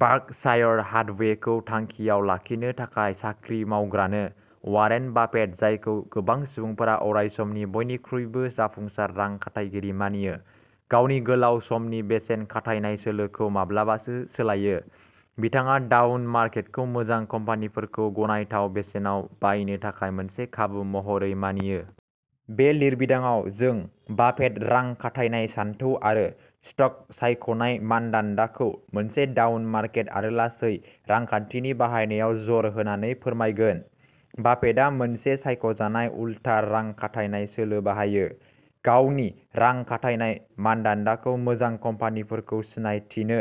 Berkshire हाथवेखौ थांखियाव लाखिनो थाखाय साख्रि मावग्रानो? "वारेन बाफेट, जायखौ गोबां सुबुंफोरा अरायसमनि बयनिख्रुइबो जाफुंसार रां खाथायगिरि मानियो, गावनि गोलाव समनि बेसेन खाथायनाय सोलोखौ माब्लाबासो सोलायो। बिथाङा डाउन मार्केटखौ मोजां कम्पानिफोरखौ गनायथाव बेसेनाव बायनो थाखाय मोनसे खाबु महरै मानियो। बे लिरबिदांआव, जों बाफेट रां खाथायनाय सानथौ आरो स्टक-सायख'नाय मानदान्दाखौ मोनसे डाउन मार्केट आरो लासै रांखान्थिनि बाहायनायाव जर होनानै फोरमायगोन। बाफेटआ मोनसे सायख'जानाय उल्था रां खाथायनाय सोलो बाहायो। गावनि रां खाथायनाय मानदान्दाखौ मोजां कम्पानिफोरखौ सिनायथिनो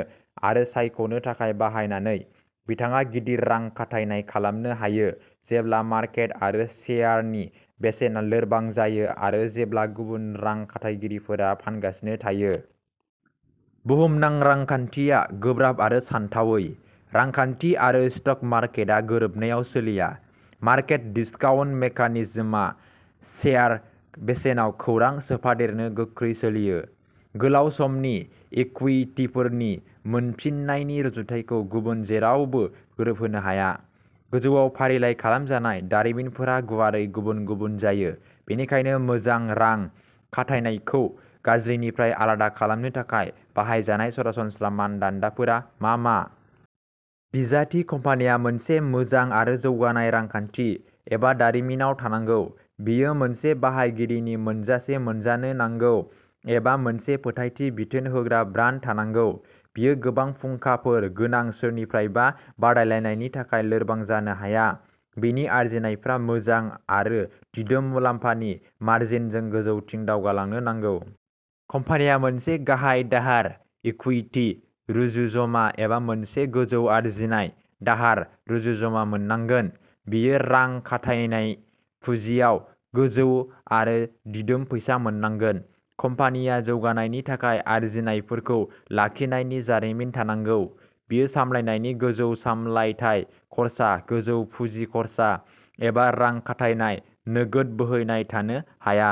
आरो सायख'नो थाखाय बाहायनानै, बिथाङा गिदिर रां खाथायनाय खालामनो हायो जेब्ला मार्केट आरो शेयारनि बेसेना लोरबां जायो आरो जेब्ला गुबुन रां खाथायगिरिफोरा फानगासिनो थायो। बुहुमनां रांखान्थिया गोब्राब आरो सानथावै। रांखान्थि आरो स्टक मार्केटआ गोरोबनायाव सोलिया। मार्केट डिस्काउन्ट मेकानिजमआ शेयार बेसेनाव खौरां सोफादेरनो गोख्रै सोलियो। गोलाव समनि इकुइटिफोरनि मोनफिन्नायनि रुजुथायखौ गुबुन जेरावबो गोरोबहोनो हाया। गोजौआव फारिलाइ खालामजानाय दारिमिनफोरा गुवारै गुबुन-गुबुन जायो, बेनिखायनो मोजां रां खाथायनायखौ गाज्रिनिफ्राय आलादा खालामनो थाखाय बाहायजानाय सरासनस्रा मानदान्दाफोरा मा मा? बिजाथि कम्पानिया मोनसे मोजां आरो जौगानाय रांखान्थि एबा दारिमिनाव थानांगौ। बेयो मोनसे बाहायगिरिनि मोनजासे मोनजानो नांगौ एबा मोनसे फोथायथि-बिथोन होग्रा ब्रान्ड थानांगौ। बेयो गोबां फुंखाफोर गोनां सोरनिफ्रायबा बादायलायनायनि थाखाय लोरबां जानो हाया। बेनि आर्जिनायफोरा मोजां आरो दिदोम मुलाम्फानि मार्जिनजों गोजौथिं दावगालांनो नांगौ। कम्पानिया मोनसे गाहाय दाहार/इकुइटि रुजुज'मा एबा मोनसे गोजौ आर्जिनाय/दाहार रुजुज'मा मोननांगोन। बेयो रां खाथायनाय पुँजियाव गोजौ आरो दिदोम फैसा मोननांगोन। कम्पानिया जौगानायनि थाखाय आर्जिनायफोरखौ लाखिनायनि जारिमिन थानांगौ। बेयो सामलायनायनि गोजौ सामलायथाय खर्सा, गोजौ पुजि खर्सा एबा रां खाथायनाय नोगोद बोहैनाय थानो हाया।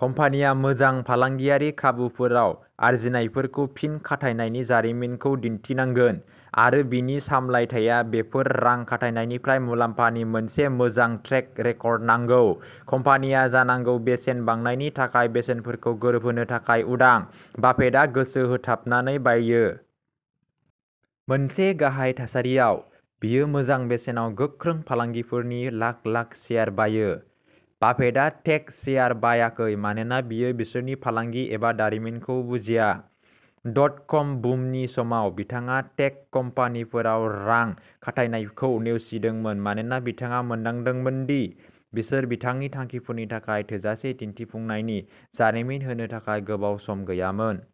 कम्पानिया मोजां फालांगियारि खाबुफोराव आर्जिनायफोरखौ फिन खाथायनायनि जारिमिनखौ दिन्थिनांगोन, आरो बेनि सामलायथाया बेफोर रां खाथायनायनिफ्राय मुलाम्फानि मोनसे मोजां ट्रेक रेकर्ड नांगौ। कम्पानिया जानांगौ बेसेन बांनायनि थाखाय बेसेनफोरखौ गोरोबहोनो थाखाय उदां। बाफेटआ गोसो होथाबनानै बाययो। मोनसे गाहाय थासारियाव, बियो मोजां बेसेनाव गोख्रों फालांगिफोरनि लाख-लाख शेयार बायो। बाफेटआ टेक शेयार बायाखै मानोना बियो बिसोरनि फालांगि एबा दारिमिनखौ बुजिया; डटक'म बुमनि समाव, बिथाङा टेक कम्पानिफोराव रां खाथायनायखौ नेवसिदोंमोन मानोना बिथाङा मोनदांदोंमोन दि बिसोर बिथांनि थांखिफोरनि थाखाय थोजासे दिन्थिफुंनायनि जारिमिन होनो थाखाय गोबाव सम गैयामोन।